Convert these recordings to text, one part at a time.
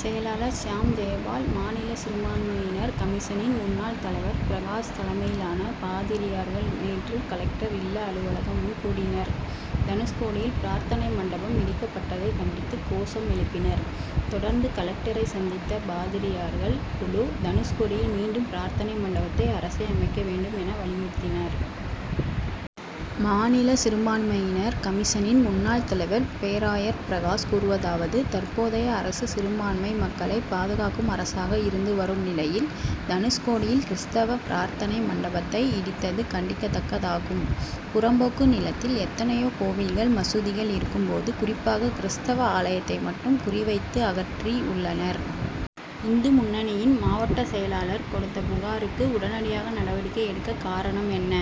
செயலாளர் ஷாம் ஜெயபால், மாநில சிறுபான்மையினர் கமிஷனின் முன்னாள் தலைவர் பிரகாஷ் தலைமையிலான பாதிரியார்கள் நேற்று கலெக்டர் இல்ல அலுவலகம் முன் கூடினர். தனுஷ்கோடியில் பிரார்த் தனை மண்டபம் இடிக்கப் பட்டதை கண்டித்து கோஷம் எழுப்பினர். தொடர்ந்து கலெக்டரை சந்தித்த பாதிரியார்கள் குழு, தனுஷ்கோடியில் மீண்டும் பிரார்த்தனை மண்டபத்தை அரசே அமைக்க வேண்டும், என, வலியுறுத்தினர். மாநில சிறுபான்மையினர் கமிஷனின் முன்னாள் தலைவர் பேராயர் பிரகாஷ் கூறிவதாவது: தற்போதைய அரசு சிறுபான்மை மக்களை பாதுகாக்கும் அரசாக இருந்து வரும் நிலையில், தனுஷ் கோடியில் கிறிஸ்தவ பிரார்த்தனை மண்டபத்தை இடித்தது கண்டிக்கதக்கதாகும். புறம்போக்கு நிலத்தில் எத்தனையோ கோவில்கள், மசூதிகள் இருக்கும் போது, குறிப் பாக கிறிஸ்தவ ஆலயத்தை மட்டும் குறிவைத்து அகற்றி உள்ளனர். இந்து முன்னணியின் மாவட்ட செயலாளர் கொடுத்த புகாருக்கு உடனடியாக நடவடிக்கை எடுக்க காரணம் என்ன?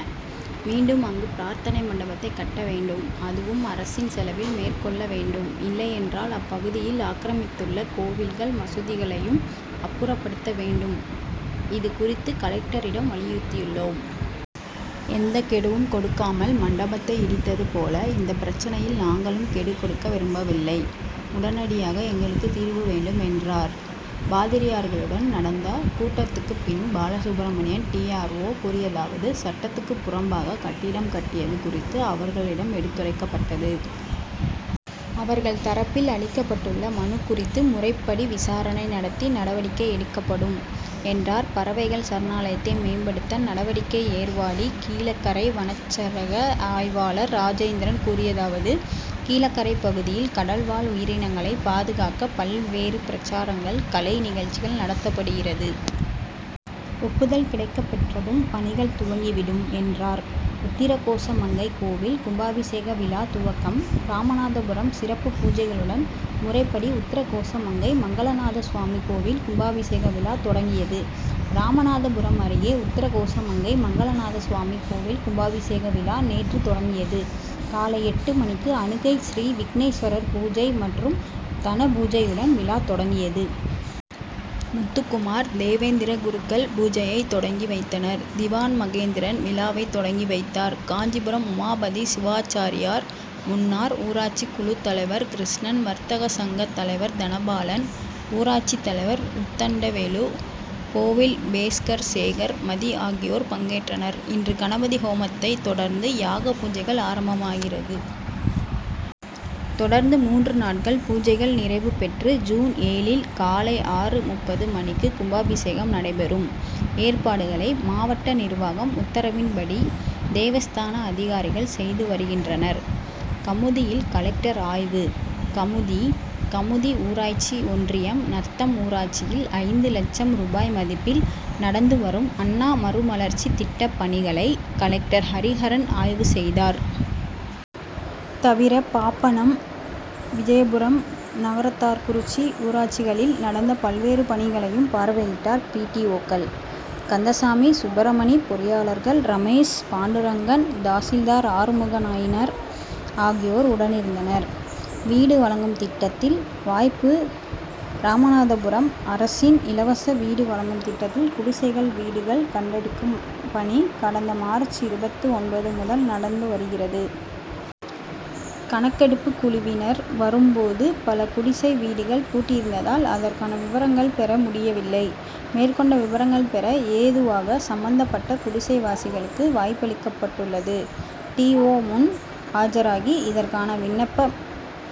மீண்டும் அங்கு பிரார்த்தனை மண்டபத்தை கட்ட வேண்டும். அதுவும் அரசின் செலவில் மேற்கொள்ள வேண்டும். இல்லையென்றால் அப்பகுதியில் ஆக்ரமித்துள்ள கோயில், மசூதியையும் அப்புறப்படுத்த வேண்டும். இது குறித்து கலெக்டரிடம் வலியுறுத்தியுள்ளோம். எந்த கெடுவும் கொடுக்காமல் மண்டபத்தை இடித்தது போல, இந்த பிரச்னையில் நாங்களும் கெடு கொடுக்க விரும்பவில்லை. உடனடியாக எங்களுக்கு தீர்வு வேண்டும், என்றார். பாதிரியார்களுடன் நடந்த கூட்டத்துக்கு பின் பாலசுப்பிரமணியன் டி. ஆர். ஓ., கூறியதாவது: சட்டத்துக்கு புறம்பாக கட்டிடம் கட்டியது குறித்து அவர்களிடம் எடுத்துரைக் கப்பட்டது. அவர்கள் தரப்பில் அளிக்கப் பட்டுள்ள மனு குறித்து முறைப்படி விசாரணை நடத்தி நடவடிக்கை எடுக்கப்படும், என்றார். பறவைகள் சரணாலயத்தை மேம்படுத்த நடவடிக்கை ஏர்வாடி கீழக்கரை வனச்சரக ஆய்வாளர் ராஜேந்திரன் கூறியதாவது: கீழக்கரை பகுதியில் கடல் வாழ் உயிரினங்களை பாதுகாக்க பல் வேறு பிரசாரங்கள், கலை நிகழ்ச்சிகள் நடத்தப்படுகிறது. ஒப்புதல் கிடைக் கப் பெற்றதும் பணிகள் துவங்கி விடும், என்றார். உத்திரகோசமங்கை கோவில் கும்பாபிஷேக விழா துவக்கம் ராமநாதபுரம்: சிறப்பு பூஜைகளுடன் முறைப்படி உத்திரகோசமங்கை மங்களநாதசுவாமி கோவில் கும்பாபிஷேக விழா தொடங்கியது. ராமநாதபுரம் அருகே உத்திரகோசமங்கை மங்களநாதசுவாமி கோவில் கும்பாபிஷேக விழா நேற்று தொடங்கியது. காலை எட்டு மணிக்கு அனுக்கை ஸ்ரீ விக்னேஷ்வர பூஜை மற்றும் தனபூஜையுடன் விழா தொடங்கியது. முத்துக்குமார், தேவேந்திர குருக்கள் பூஜையை தொடங்கி வைத்தனர். திவான் மகேந்திரன் விழாவை தொடங்கி வைத்தார். காஞ்சிபுரம் உமாபதி சிவாச்சார்யார், முன்னார் ஊராட்சி குழு தலைவர் கிருஷ்ணன், வர்த்தக சங்க தலைவர் தனபாலன், ஊராட்சி தலைவர் உத்தண்டவேலு, கோவில் பேஸ்கர் சேகர், மதி ஆகியோர் பங்கேற்றனர். இன்று கணபதி ஹோமத்தை தொடர்ந்து யாக பூஜைகள் ஆரம்பமாகிறது. தொடர்ந்து மூன்று நாட்கள் பூஜைகள் நிறைவு பெற்று, ஜூன் ஏழில் காலை ஆறு.முப்பது மணிக்கு கும்பாபிஷேகம் நடைபெறும். ஏற்பாடுகளை மாவட்ட நிர்வாகம் உத்தரவின்படி தேவஸ்தான அதிகாரிகள் செய்து வருகின்றனர். கமுதியில் கலெக்டர் ஆய்வு கமுதி: கமுதி ஊராட்சி ஒன்றியம் நத்தம் ஊராட்சியில் ஐந்து லட்சம் ரூபாய் மதிப்பில் நடந்து வரும் அண்ணா மறுமலர்ச்சி திட்ட பணிகளை கலெக்டர் ஹரிஹரன் ஆய்வு செய்தார். தவிர பாப்பனம், விஜயபுரம், நகரத்தார்குறிச்சி ஊராட்சிகளில் நடந்த பல்வேறு பணிகளையும் பார்வையிட்டார். பி. டி. ஓ.,கள் கந்தசாமி, சுப்ரமணி, பொறி யாளர்கள் ரமேஷ், பாண்டுரங்கன், தாசில்தார் ஆறுமுகநயினார் ஆகியோர் உடனிருந்தனர். வீடு வழங்கும் திட்டத்தில் வாய்ப்பு ராமநாதபுரம்: அரசின் இலவச வீடு வழங்கும் திட்டத்தில் குடிசைகள் வீடுகள் கணக்கெடுக்கும் பணி கடந்த மார்ச் இருபத்து ஒன்பது முதல் நடந்து வருகிறது. கணக்கெடுப்பு குழுவினர் வரும் போது பல குடிசை வீடுகள் பூட்டியிருந்ததால் அதற்கான விபரங்கள் பெற முடியவில்லை. மேற்கொண்ட விபரங்கள் பெற ஏதுவாக சம்மந்தப் பட்ட குடிசைவாசிகளுக்கு வாய்ப்பளிக்கப்பட்டுள்ளது. டி. ஓ., முன் ஆஜராகி, இதற்கான விண்ணப்